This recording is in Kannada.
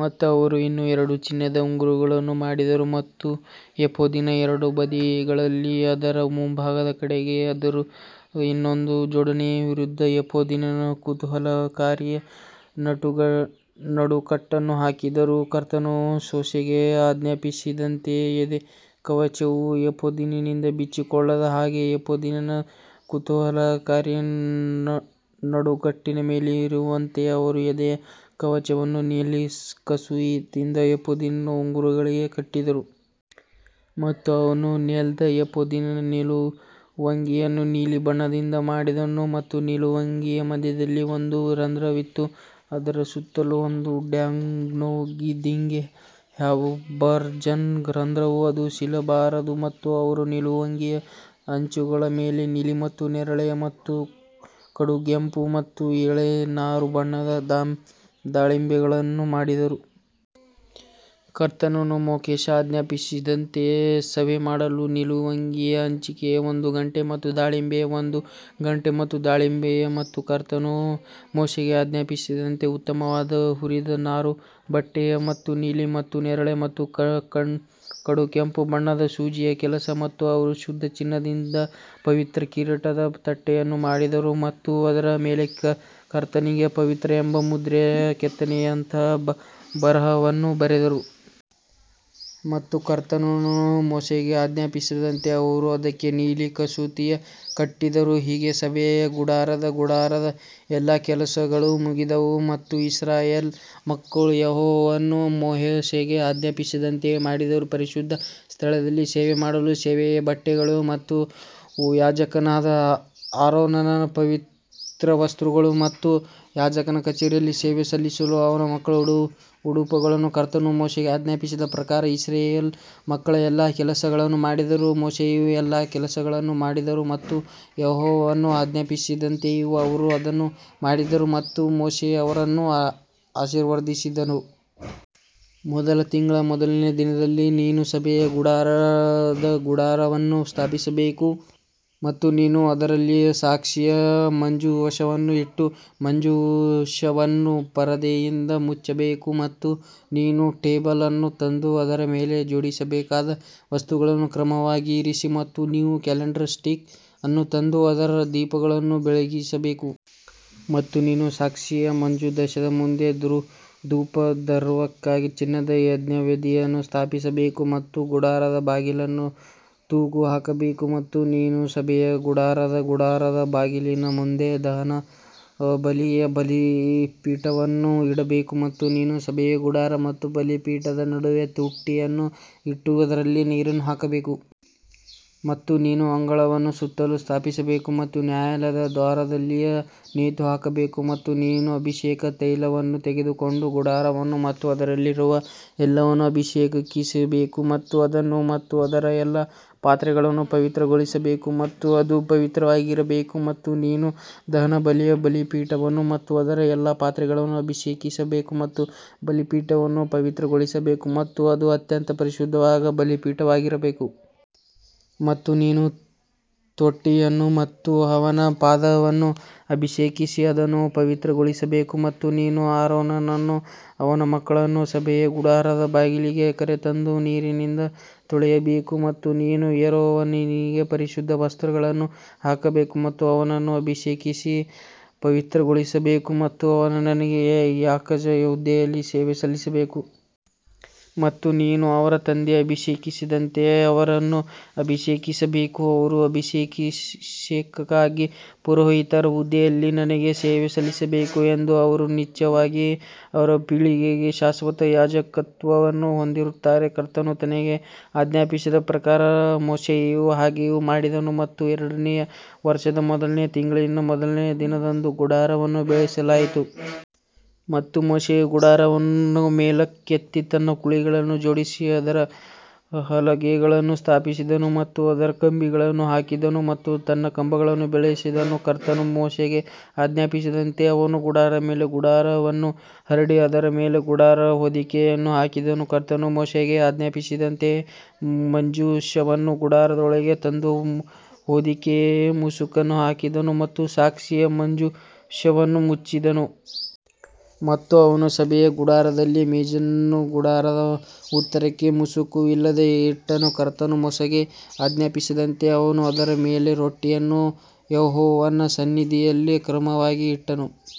ಮತ್ತು ಅವರು ಇನ್ನೂ ಎರಡು ಚಿನ್ನದ ಉಂಗುರಗಳನ್ನು ಮಾಡಿದರು ಮತ್ತು ಎಫೋದಿನ ಎರಡು ಬದಿಗಳಲ್ಲಿ ಅದರ ಮುಂಭಾಗದ ಕಡೆಗೆ ಅದರ ಇನ್ನೊಂದು ಜೋಡಣೆಯ ವಿರುದ್ಧ ಎಫೋದಿನ ಕುತೂಹಲಕಾರಿ ನಡುಕಟ್ಟನ್ನು ಹಾಕಿದರು. ಕರ್ತನು ಮೋಶೆಗೆ ಆಜ್ಞಾಪಿಸಿದಂತೆ ಎದೆಕವಚವು ಏಫೋದಿನಿಂದ ಬಿಚ್ಚಿಕೊಳ್ಳದ ಹಾಗೆ ಎಫೋದಿನ ಕುತೂಹಲಕಾರಿ ನಡುಕಟ್ಟಿನ ಮೇಲಿರುವಂತೆ ಅವರು ಎದೆಯ ಕವಚವನ್ನು ನೀಲಿ ಕಸೂತಿಯಿಂದ ಏಫೋದಿನ ಉಂಗುರಗಳಿಗೆ ಕಟ್ಟಿದರು. ಮತ್ತು ಅವನು ನೇಯ್ದ ಎಫೋದಿನ ನಿಲುವಂಗಿಯನ್ನು ನೀಲಿ ಬಣ್ಣದಿಂದ ಮಾಡಿದನು ಮತ್ತು ನಿಲುವಂಗಿಯ ಮಧ್ಯದಲ್ಲಿ ಒಂದು ರಂಧ್ರವಿತ್ತು, ಅದರ ಸುತ್ತಲೂ ಒಂದು ಬ್ಯಾಂಡ್ನೊಂದಿಗೆ ಹ್ಯಾಬರ್ಜನ್ನ ರಂಧ್ರವು ಅದು ಸೀಳಬಾರದು. ಮತ್ತು ಅವರು ನಿಲುವಂಗಿಯ ಅಂಚುಗಳ ಮೇಲೆ ನೀಲಿ ಮತ್ತು ನೇರಳೆ ಮತ್ತು ಕಡುಗೆಂಪು ಮತ್ತು ಎಳೆ ನಾರುಬಣ್ಣದ ದಾಳಿಂಬೆಗಳನ್ನು ಮಾಡಿದರು. ಕರ್ತನು ಮೋಶೆಗೆ ಆಜ್ಞಾಪಿಸಿದಂತೆ ಸೇವೆಮಾಡಲು ನಿಲುವಂಗಿಯ ಅಂಚಿಗೆ ಒಂದು ಗಂಟೆ ಮತ್ತು ದಾಳಿಂಬೆ ಒಂದು ಗಂಟೆ ಮತ್ತು ದಾಳಿಂಬೆ ಮತ್ತು ಕರ್ತನು ಮೋಶೆಗೆ ಆಜ್ಞಾಪಿಸಿದಂತೆ ಉತ್ತಮವಾದ ಹುರಿದ ನಾರುಬಟ್ಟೆ ಮತ್ತು ನೀಲಿ ಮತ್ತು ನೇರಳೆ ಮತ್ತು ಕಡುಗೆಂಪು ಬಣ್ಣದ ಸೂಜಿಯ ಕೆಲಸ ಮತ್ತು ಅವರು ಶುದ್ಧ ಚಿನ್ನದಿಂದ ಪವಿತ್ರ ಕಿರೀಟದ ತಟ್ಟೆಯನ್ನು ಮಾಡಿದರು ಮತ್ತು ಅದರ ಮೇಲೆ ಕರ್ತನಿಗೆ ಪವಿತ್ರ ಎಂಬ ಮುದ್ರೆಯ ಕೆತ್ತನೆಯಂತಹ ಬರಹವನ್ನು ಬರೆದರು. ಮತ್ತು ಕರ್ತನು ಮೋಶೆಗೆ ಆಜ್ಞಾಪಿಸಿದಂತೆ ಅವರು ಅದಕ್ಕೆ ನೀಲಿ ಕಸೂತಿಯನ್ನು ಕಟ್ಟಿದರು. ಹೀಗೆ ಸಭೆಯ ಗುಡಾರದ ಗುಡಾರದ ಎಲ್ಲಾ ಕೆಲಸಗಳು ಮುಗಿದವು ಮತ್ತು ಇಸ್ರಾಯೇಲ್ ಮಕ್ಕಳು ಯೆಹೋವನು ಮೋಶೆಗೆ ಆಜ್ಞಾಪಿಸಿದಂತೆಯೇ ಮಾಡಿದರು. ಪರಿಶುದ್ಧ ಸ್ಥಳದಲ್ಲಿ ಸೇವೆಮಾಡಲು ಸೇವೆಯ ಬಟ್ಟೆಗಳು ಮತ್ತು ಯಾಜಕನಾದ ಆರೋನನ ಪವಿತ್ರ ವಸ್ತ್ರಗಳು ಮತ್ತು ಯಾಜಕ ಕಚೇರಿಯಲ್ಲಿ ಸೇವೆ ಸಲ್ಲಿಸಲು ಅವನ ಮಕ್ಕಳ ಉಡುಪುಗಳು ಕರ್ತನು ಮೋಶೆಗೆ ಆಜ್ಞಾಪಿಸಿದ ಪ್ರಕಾರ ಇಸ್ರಾಯೇಲ್ ಮಕ್ಕಳು ಎಲ್ಲಾ ಕೆಲಸಗಳನ್ನು ಮಾಡಿದರು ಮೋಶೆಯು ಎಲ್ಲಾ ಕೆಲಸವನ್ನು ನೋಡಿದನು ಮತ್ತು ಯೆಹೋವನು ಆಜ್ಞಾಪಿಸಿದಂತೆಯೇ ಅವರು ಅದನ್ನು ಮಾಡಿದರು ಮತ್ತು ಮೋಶೆ ಅವರನ್ನು ಆಶೀರ್ವದಿಸಿದನು. ಮೊದಲ ತಿಂಗಳ ಮೊದಲನೆಯ ದಿನದಲ್ಲಿ ನೀನು ಸಭೆಯ ಗುಡಾರದ ಗುಡಾರವನ್ನು ಸ್ಥಾಪಿಸಬೇಕು. ಮತ್ತು ನೀನು ಅದರಲ್ಲಿ ಸಾಕ್ಷಿಯ ಮಂಜೂಷವನ್ನು ಇಟ್ಟು ಮಂಜೂಷವನ್ನು ಪರದೆಯಿಂದ ಮುಚ್ಚಬೇಕು ಮತ್ತು ನೀವು ಟೇಬಲ್ ಅನ್ನು ತಂದು ಅದರ ಮೇಲೆ ಜೋಡಿಸಬೇಕಾದ ವಸ್ತುಗಳನ್ನು ಕ್ರಮವಾಗಿ ಇರಿಸಿ ಮತ್ತು ನೀವು ಕ್ಯಾಂಡಲ್ ಸ್ಟಿಕ್ ಅನ್ನು ತಂದು ಅದರ ದೀಪಗಳನ್ನು ಬೆಳಗಿಸಬೇಕು. ಮತ್ತು ನೀನು ಸಾಕ್ಷಿಯ ಮಂಜೂಷದ ಮುಂದೆ ಧೂಪದ್ರವ್ಯಕ್ಕಾಗಿ ಚಿನ್ನದ ಯಜ್ಞವೇದಿಯನ್ನು ಸ್ಥಾಪಿಸಬೇಕು ಮತ್ತು ಗುಡಾರದ ಬಾಗಿಲನ್ನು ತೂಗು ಹಾಕಬೇಕು. ಮತ್ತು ನೀನು ಸಭೆಯ ಗುಡಾರದ ಗುಡಾರದ ಬಾಗಿಲಿನ ಮುಂದೆ ದಹನಬಲಿಯ ಬಲಿಪೀಠವನ್ನು ಇಡಬೇಕು. ಮತ್ತು ನೀನು ಸಭೆಯ ಗುಡಾರ ಮತ್ತು ಬಲಿಪೀಠದ ನಡುವೆ ತೊಟ್ಟಿಯನ್ನು ಇಟ್ಟು ಅದರಲ್ಲಿ ನೀರನ್ನು ಹಾಕಬೇಕು. ಮತ್ತು ನೀನು ಅಂಗಳವನ್ನು ಸುತ್ತಲೂ ಸ್ಥಾಪಿಸಬೇಕು ಮತ್ತು ನ್ಯಾಯಾಲಯದ ದ್ವಾರದಲ್ಲಿ ನೇತುಹಾಕಬೇಕು ಮತ್ತು ನೀನು ಅಭಿಷೇಕ ತೈಲವನ್ನು ತೆಗೆದುಕೊಂಡು ಗುಡಾರವನ್ನು ಮತ್ತು ಅದರಲ್ಲಿರುವ ಎಲ್ಲವನ್ನೂ ಅಭಿಷೇಕಿಸಬೇಕು ಮತ್ತು ಅದನ್ನು ಮತ್ತು ಅದರ ಎಲ್ಲಾ ಪಾತ್ರೆಗಳನ್ನು ಪವಿತ್ರಗೊಳಿಸಬೇಕು ಮತ್ತು ಅದು ಪವಿತ್ರವಾಗಿರಬೇಕು. ಮತ್ತು ನೀನು ದಹನಬಲಿಯ ಬಲಿಪೀಠವನ್ನು ಮತ್ತು ಅದರ ಎಲ್ಲಾ ಪಾತ್ರೆಗಳನ್ನು ಅಭಿಷೇಕಿಸಬೇಕು ಮತ್ತು ಬಲಿಪೀಠವನ್ನು ಪವಿತ್ರಗೊಳಿಸಬೇಕು ಮತ್ತು ಅದು ಅತ್ಯಂತ ಪರಿಶುದ್ಧವಾದ ಬಲಿಪೀಠವಾಗಿರಬೇಕು. ಮತ್ತು ನೀನು ತೊಟ್ಟಿಯನ್ನು ಮತ್ತು ಅವನ ಪಾದವನ್ನು ಅಭಿಷೇಕಿಸಿ ಅದನ್ನು ಪವಿತ್ರಗೊಳಿಸಬೇಕು ಮತ್ತು ನೀನು ಆರೋನನನ್ನೂ ಅವನ ಮಕ್ಕಳನ್ನೂ ಸಭೆಯ ಗುಡಾರದ ಬಾಗಿಲಿಗೆ ಕರೆತಂದು ನೀರಿನಿಂದ ತೊಳೆಯಬೇಕು. ಮತ್ತು ನೀನು ಆರೋನನಿಗೆ ಪರಿಶುದ್ಧ ವಸ್ತ್ರಗಳನ್ನು ಹಾಕಬೇಕು ಮತ್ತು ಅವನನ್ನು ಅಭಿಷೇಕಿಸಿ ಪವಿತ್ರಗೊಳಿಸಬೇಕು ಮತ್ತು ಅವನು ನನಗೆ ಯಾಜಕ ಹುದ್ದೆಯಲ್ಲಿ ಸೇವೆ ಸಲ್ಲಿಸಬೇಕು. ಮತ್ತು ನೀನು ಅವರ ತಂದೆಯನ್ನು ಅಭಿಷೇಕಿಸಿದಂತೆ ಅವರನ್ನು ಅಭಿಷೇಕಿಸಬೇಕು, ಅವರು ಅಭಿಷೇಕಕ್ಕಾಗಿ ಪುರೋಹಿತರ ಹುದ್ದೆಯಲ್ಲಿ ನನಗೆ ಸೇವೆ ಸಲ್ಲಿಸಬೇಕು ಎಂದು ಅವರು ನಿಶ್ಚಯವಾಗಿ ಅವರ ಪೀಳಿಗೆಗೆ ಶಾಶ್ವತ ಯಾಜಕತ್ವವನ್ನು ಹೊಂದಿರುತ್ತಾರೆ. ಕರ್ತನು ತನಗೆ ಆಜ್ಞಾಪಿಸಿದ ಪ್ರಕಾರ ಮೋಶೆಯು ಹಾಗೆಯೇ ಮಾಡಿದನು ಮತ್ತು ಎರಡನೆಯ ವರ್ಷದ ಮೊದಲನೆಯ ತಿಂಗಳಿನ ಮೊದಲನೆಯ ದಿನದಂದು ಗುಡಾರವನ್ನು ಬೆಳೆಸಲಾಯಿತು. ಮತ್ತು ಮೋಶೆಯು ಗುಡಾರವನ್ನು ಮೇಲಕ್ಕೆತ್ತಿ ತನ್ನ ಕುಳಿಗಳನ್ನು ಜೋಡಿಸಿ ಅದರ ಹಲಗೆಗಳನ್ನು ಸ್ಥಾಪಿಸಿದನು ಮತ್ತು ಅದರ ಕಂಬಿಗಳನ್ನು ಹಾಕಿದನು ಮತ್ತು ತನ್ನ ಕಂಬಗಳನ್ನು ಬೆಳೆಸಿದನು. ಕರ್ತನು ಮೋಶೆಗೆ ಆಜ್ಞಾಪಿಸಿದಂತೆ ಅವನು ಗುಡಾರದ ಮೇಲೆ ಗುಡಾರವನ್ನು ಹರಡಿ ಅದರ ಮೇಲೆ ಗುಡಾರದ ಹೊದಿಕೆಯನ್ನು ಹಾಕಿದನು. ಕರ್ತನು ಮೋಶೆಗೆ ಆಜ್ಞಾಪಿಸಿದಂತೆ ಮಂಜೂಷವನ್ನು ಗುಡಾರದೊಳಗೆ ತಂದು ಹೊದಿಕೆಯ ಮುಸುಕನ್ನು ಹಾಕಿದನು ಮತ್ತು ಸಾಕ್ಷಿಯ ಮಂಜೂಷವನ್ನು ಮುಚ್ಚಿದನು. ಮತ್ತು ಅವನು ಸಭೆಯ ಗುಡಾರದಲ್ಲಿ ಮೇಜನ್ನು ಗುಡಾರದ ಉತ್ತರಕ್ಕೆ ಮುಸುಕು ಇಲ್ಲದೆ ಇಟ್ಟನು. ಕರ್ತನು ಮೋಶೆಗೆ ಆಜ್ಞಾಪಿಸಿದಂತೆ ಅವನು ಅದರ ಮೇಲೆ ರೊಟ್ಟಿಯನ್ನು ಯೆಹೋವನ ಸನ್ನಿಧಿಯಲ್ಲಿ ಕ್ರಮವಾಗಿ ಇಟ್ಟನು.